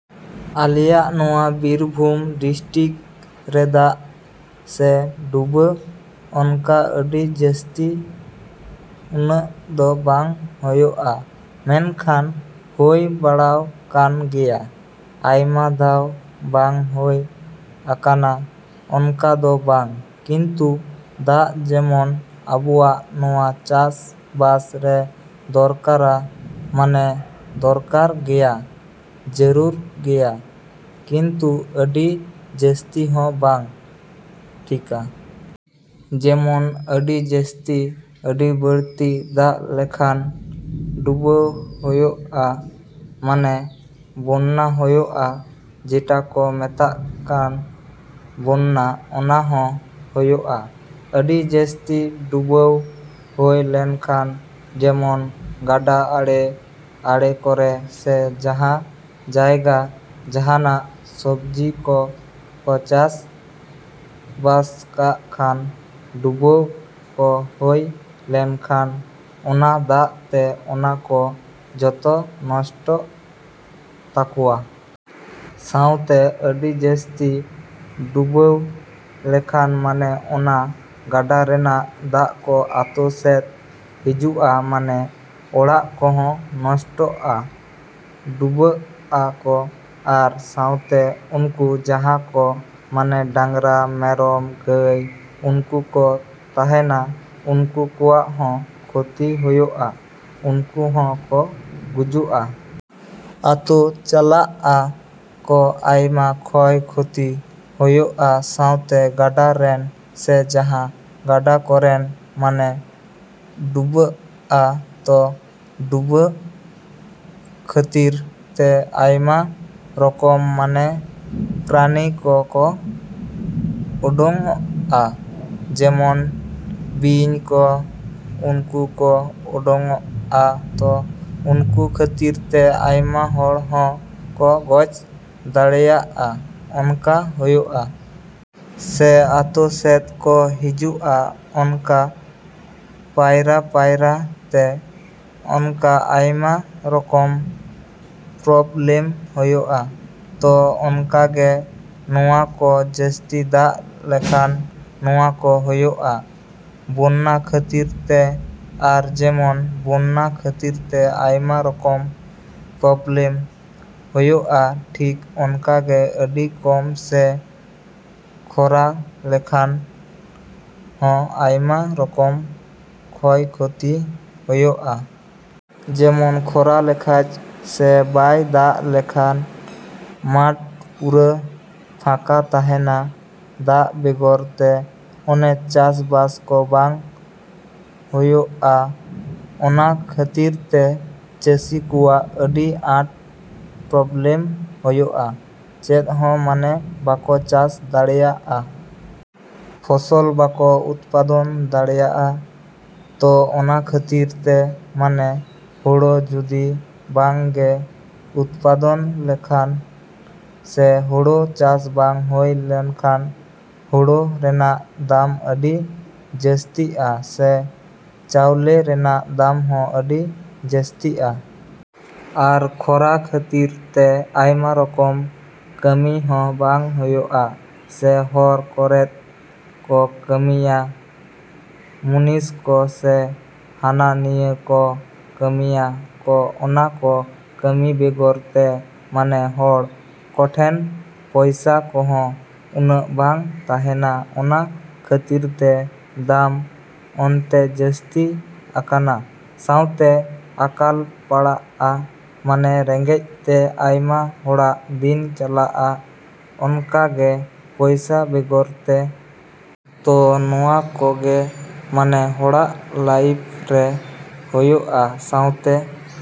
ᱟᱞᱮᱭᱟᱜ ᱱᱚᱶᱟ ᱵᱤᱨᱵᱷᱩᱢ ᱰᱤᱥᱴᱤᱠ ᱨᱮᱫᱟᱜ ᱥᱮ ᱰᱩᱵᱟᱹ ᱚᱱᱠᱟ ᱟᱰᱤ ᱡᱟᱥᱛᱤ ᱩᱱᱟᱹᱜ ᱫᱚ ᱵᱟᱝ ᱦᱳᱭᱳᱜᱼᱟ ᱢᱮᱱᱠᱷᱟᱱ ᱦᱳᱭ ᱵᱟᱲᱟᱣ ᱠᱟᱱ ᱜᱮᱭᱟ᱾ ᱟᱭᱢᱟ ᱫᱷᱟᱣ ᱵᱟᱝ ᱦᱳᱭ ᱟᱠᱟᱱᱟ ᱚᱱᱠᱟ ᱫᱚ ᱵᱟᱝ ᱠᱤᱱᱛᱩ ᱫᱟᱜ ᱡᱮᱢᱚᱱ ᱟᱵᱚᱣᱟᱜ ᱱᱚᱶᱟ ᱪᱟᱥ ᱵᱟᱥ ᱨᱮ ᱫᱚᱨᱠᱟᱨᱟ ᱢᱟᱱᱮ ᱫᱚᱨᱠᱟᱨ ᱜᱮᱭᱟ, ᱡᱟᱨᱩᱲ ᱜᱮᱭᱟ ᱠᱤᱱᱛᱩ ᱟᱰᱤ ᱡᱟᱥᱛᱤ ᱦᱚᱸ ᱵᱟᱝ ᱴᱷᱤᱠᱟ᱾ ᱡᱮᱢᱚᱱ ᱟᱰᱤ ᱡᱟᱥᱛᱤ ᱟᱰᱤ ᱵᱟᱲᱛᱤ ᱫᱟᱜ ᱞᱮᱠᱷᱟᱱ ᱰᱩᱵᱟᱹᱣ ᱦᱳᱭᱳᱜᱼᱟ, ᱢᱟᱱᱮ ᱵᱚᱱᱱᱟ ᱦᱳᱭᱳᱜᱼᱟ, ᱡᱮᱴᱟ ᱠᱚ ᱢᱮᱛᱟᱜ ᱠᱟᱱ ᱵᱚᱱᱱᱟ ᱚᱱᱟ ᱦᱚᱸ ᱦᱳᱭᱳᱜᱼᱟ᱾ ᱟᱰᱤ ᱡᱟᱥᱛᱤ ᱰᱩᱵᱟᱹᱣ ᱦᱳᱭ ᱞᱮᱱᱠᱷᱟᱱ ᱡᱮᱢᱚᱱ ᱜᱟᱰᱟ ᱟᱲᱮ ᱟᱲᱮ ᱠᱚᱨᱮ ᱥᱮ ᱡᱟᱦᱟᱸ ᱡᱟᱭᱜᱟ ᱡᱟᱦᱟᱱᱟᱜ ᱥᱚᱵᱽᱡᱤ ᱠᱚ ᱠᱚ ᱪᱟᱥ ᱵᱟᱥ ᱠᱟᱜ ᱠᱷᱟᱱ ᱰᱩᱵᱟᱹᱣ ᱠᱚ ᱦᱳᱭ ᱞᱮᱱ ᱠᱷᱟᱱ ᱚᱱᱟ ᱫᱟᱜ ᱛᱮ ᱚᱱᱟ ᱠᱚ ᱡᱚᱛᱚ ᱱᱚᱥᱴᱚᱜ ᱛᱟᱠᱚᱣᱟ᱾ ᱥᱟᱶᱛᱮ ᱟᱰᱤ ᱡᱟᱥᱛᱤ ᱰᱩᱵᱟᱹᱣ ᱞᱮᱠᱷᱟᱱ ᱢᱟᱱᱮ ᱚᱱᱟ ᱜᱟᱰᱟ ᱨᱮᱱᱟᱜ ᱫᱟᱜ ᱠᱚ ᱟᱛᱳ ᱥᱮᱫ ᱦᱤᱡᱩᱜᱼᱟ ᱢᱟᱱᱮ ᱚᱲᱟᱜ ᱠᱚᱦᱚᱸ ᱱᱚᱥᱴᱚᱜᱼᱟ, ᱰᱩᱵᱟᱹᱜᱼᱟ ᱠᱚ᱾ ᱟᱨ ᱥᱟᱶᱛᱮ ᱩᱱᱠᱩ ᱡᱟᱦᱟᱸ ᱠᱚ ᱢᱟᱱᱮ ᱰᱟᱝᱨᱟ ᱢᱮᱨᱚᱢ ᱜᱟᱹᱭ ᱩᱱᱠᱩ ᱠᱚ ᱛᱟᱦᱮᱱᱟ ᱩᱱᱠᱩ ᱠᱚᱣᱟᱜ ᱦᱚᱸ ᱠᱷᱚᱛᱤ ᱦᱳᱭᱳᱜᱼᱟ, ᱩᱱᱠᱩ ᱦᱚᱸ ᱠᱚ ᱜᱩᱡᱩᱜᱼᱟ᱾ ᱟᱛᱳ ᱪᱟᱞᱟᱜᱼᱟ ᱠᱚ, ᱟᱭᱢᱟ ᱠᱷᱚᱭ ᱠᱷᱚᱛᱤ ᱦᱳᱭᱳᱜᱼᱟ᱾ ᱥᱟᱶᱛᱮ ᱜᱟᱰᱟ ᱨᱮᱱ ᱥᱮ ᱡᱟᱦᱟᱸ ᱜᱟᱰᱟ ᱠᱚᱨᱮᱱ ᱢᱟᱱᱮ ᱰᱩᱵᱟᱹᱜᱼᱟ ᱛᱚ ᱰᱩᱵᱟᱹ ᱠᱷᱟᱛᱤᱨ ᱛᱮ ᱟᱭᱢᱟ ᱨᱚᱠᱚᱢ ᱢᱟᱱᱮ ᱯᱨᱟᱱᱤ ᱠᱚ ᱠᱚ ᱳᱰᱳᱝᱚᱜᱼᱟ ᱡᱮᱢᱚᱱ ᱵᱤᱧ ᱠᱚ ᱩᱱᱠᱩ ᱠᱚ ᱳᱰᱳᱝᱚᱜᱼᱟ ᱛᱚ ᱩᱱᱠᱩ ᱠᱷᱟᱛᱤᱨ ᱛᱮ ᱟᱭᱢᱟ ᱦᱚᱲ ᱦᱚᱸ ᱠᱚ ᱜᱚᱡᱽ ᱫᱟᱲᱮᱭᱟᱜᱼᱟ ᱚᱱᱠᱟ ᱦᱳᱭᱳᱜᱼᱟ᱾ ᱥᱮ ᱟᱛᱳ ᱥᱮᱫ ᱠᱚ ᱦᱤᱡᱩᱜᱼᱟ ᱚᱱᱠᱟ ᱯᱟᱭᱨᱟ ᱯᱟᱭᱨᱟ ᱛᱮ ᱚᱱᱠᱟ ᱟᱭᱢᱟ ᱨᱚᱠᱚᱢ ᱯᱨᱚᱵᱞᱮᱢ ᱦᱳᱭᱳᱜᱼᱟ᱾ ᱛᱚ ᱚᱱᱠᱟ ᱜᱮ ᱱᱚᱶᱟ ᱠᱚ ᱡᱟᱥᱛᱤ ᱫᱟᱜ ᱞᱮᱠᱷᱟᱱ ᱱᱚᱶᱟ ᱠᱚ ᱦᱳᱭᱳᱜᱼᱟ, ᱵᱚᱱᱱᱟ ᱠᱷᱟᱛᱤᱨ ᱛᱮ᱾ ᱟᱨ ᱡᱮᱢᱚᱱ ᱵᱚᱱᱱᱟ ᱠᱷᱟᱛᱤᱨ ᱛᱮ ᱟᱭᱢᱟ ᱨᱚᱠᱚᱢ ᱯᱨᱚᱵᱞᱮᱢ ᱦᱳᱭᱳᱜᱼᱟ ᱴᱷᱤᱠ ᱚᱱᱠᱟ ᱜᱮ ᱟᱰᱤ ᱠᱚᱢ ᱥᱮ ᱠᱷᱚᱨᱟ ᱞᱮᱠᱷᱟᱱ ᱦᱚᱸ ᱟᱭᱢᱟ ᱨᱚᱠᱚᱢ ᱠᱷᱚᱭ ᱠᱷᱚᱛᱤ ᱦᱳᱭᱳᱜᱼᱟ᱾ ᱡᱮᱢᱚᱱ ᱠᱷᱚᱨᱟ ᱞᱮᱠᱷᱟᱡ ᱥᱮ ᱵᱟᱭ ᱫᱟᱜ ᱞᱮᱠᱷᱟᱱ ᱢᱟᱴᱷ ᱯᱩᱨᱟᱹ ᱯᱷᱟᱸᱠᱟ ᱛᱟᱦᱮᱱᱟ ᱫᱟᱜ ᱵᱮᱜᱚᱨ ᱛᱮ᱾ ᱚᱱᱮ ᱪᱟᱥ ᱵᱟᱥ ᱠᱚ ᱵᱟᱝ ᱦᱳᱭᱩᱳᱜᱼᱟ, ᱚᱱᱟ ᱠᱷᱟᱛᱤᱨ ᱛᱮ ᱪᱟᱥᱤ ᱠᱚᱣᱟᱜ ᱟᱰᱤ ᱟᱸᱴ ᱯᱨᱚᱵᱞᱮᱢ ᱦᱳᱭᱳᱜᱼᱟ, ᱪᱮᱫ ᱦᱚᱸ ᱢᱟᱱᱮ ᱵᱟᱠᱚ ᱪᱟᱥ ᱫᱟᱲᱮᱭᱟᱜᱼᱟ᱾ ᱯᱷᱚᱥᱚᱞ ᱵᱟᱠᱚ ᱩᱛᱯᱟᱫᱚᱱ ᱫᱟᱲᱮᱭᱟᱜᱼᱟ, ᱛᱚ ᱚᱱᱟ ᱠᱷᱟᱛᱤᱨ ᱛᱮ ᱢᱟᱱᱮ ᱦᱳᱲᱳ ᱡᱩᱫᱤ ᱵᱟᱝ ᱜᱮ ᱩᱛᱯᱟᱫᱚᱱ ᱞᱮᱱᱠᱷᱟᱱ ᱥᱮ ᱦᱳᱲᱳ ᱪᱟᱥ ᱵᱟᱝ ᱦᱳᱭ ᱞᱮᱱ ᱠᱷᱟᱱ ᱦᱳᱲᱳ ᱨᱮᱱᱟᱜ ᱫᱟᱢ ᱟᱰᱤ ᱡᱟᱥᱛᱤᱜᱼᱟ ᱥᱮ ᱪᱟᱣᱞᱮ ᱨᱮᱱᱟᱜ ᱫᱟᱢ ᱦᱚᱸ ᱟᱰᱤ ᱡᱟᱥᱛᱤᱜᱼᱟ᱾ ᱟᱨ ᱠᱷᱚᱨᱟ ᱠᱷᱟᱛᱤᱨ ᱛᱮ ᱟᱭᱢᱟ ᱨᱚᱠᱚᱢ ᱠᱟᱢᱤ ᱦᱚᱸ ᱵᱟᱝ ᱦᱳᱭᱳᱜᱼᱟ᱾ ᱥᱮ ᱦᱚᱨ ᱠᱚᱨᱮᱫ ᱠᱚ ᱠᱟᱢᱤᱭᱟ ᱢᱩᱱᱤᱥ ᱠᱚ ᱥᱮ ᱦᱟᱱᱟ ᱱᱤᱭᱟᱹ ᱠᱚ ᱠᱟᱢᱤᱭᱟ ᱠᱚ ᱚᱱᱟ ᱠᱚ ᱠᱟᱢᱤ ᱵᱮᱜᱚᱨ ᱛᱮ ᱢᱟᱱᱮ ᱦᱚᱲ ᱠᱚᱴᱷᱮᱱ ᱯᱚᱭᱥᱟ ᱠᱚᱦᱚᱸ ᱩᱱᱟᱹᱜ ᱵᱟᱝ ᱛᱟᱦᱮᱱᱟ, ᱚᱱᱟ ᱠᱷᱟᱛᱤᱨ ᱛᱮ ᱫᱟᱢ ᱚᱱᱛᱮ ᱡᱟᱥᱛᱤ ᱟᱠᱟᱱᱟ ᱥᱟᱶᱛᱮ ᱟᱠᱟᱞ ᱯᱟᱲᱟᱜᱼᱟ ᱢᱟᱱᱮ ᱨᱮᱸᱜᱮᱡ ᱛᱮ ᱟᱭᱢᱟ ᱦᱚᱲᱟᱜ ᱫᱤᱱ ᱪᱟᱞᱟᱜᱼᱟ ᱚᱝᱠᱟ ᱜᱮ ᱯᱚᱭᱥᱟ ᱵᱮᱜᱚᱨ ᱛᱮ᱾ ᱛᱚ ᱱᱚᱶᱟ ᱠᱚ ᱜᱮ ᱢᱟᱱᱮ ᱦᱚᱲᱟᱜ ᱞᱟᱭᱤᱯᱷ ᱨᱮ ᱦᱳᱭᱳᱜᱼᱟ ᱥᱟᱶᱛᱮᱼᱼ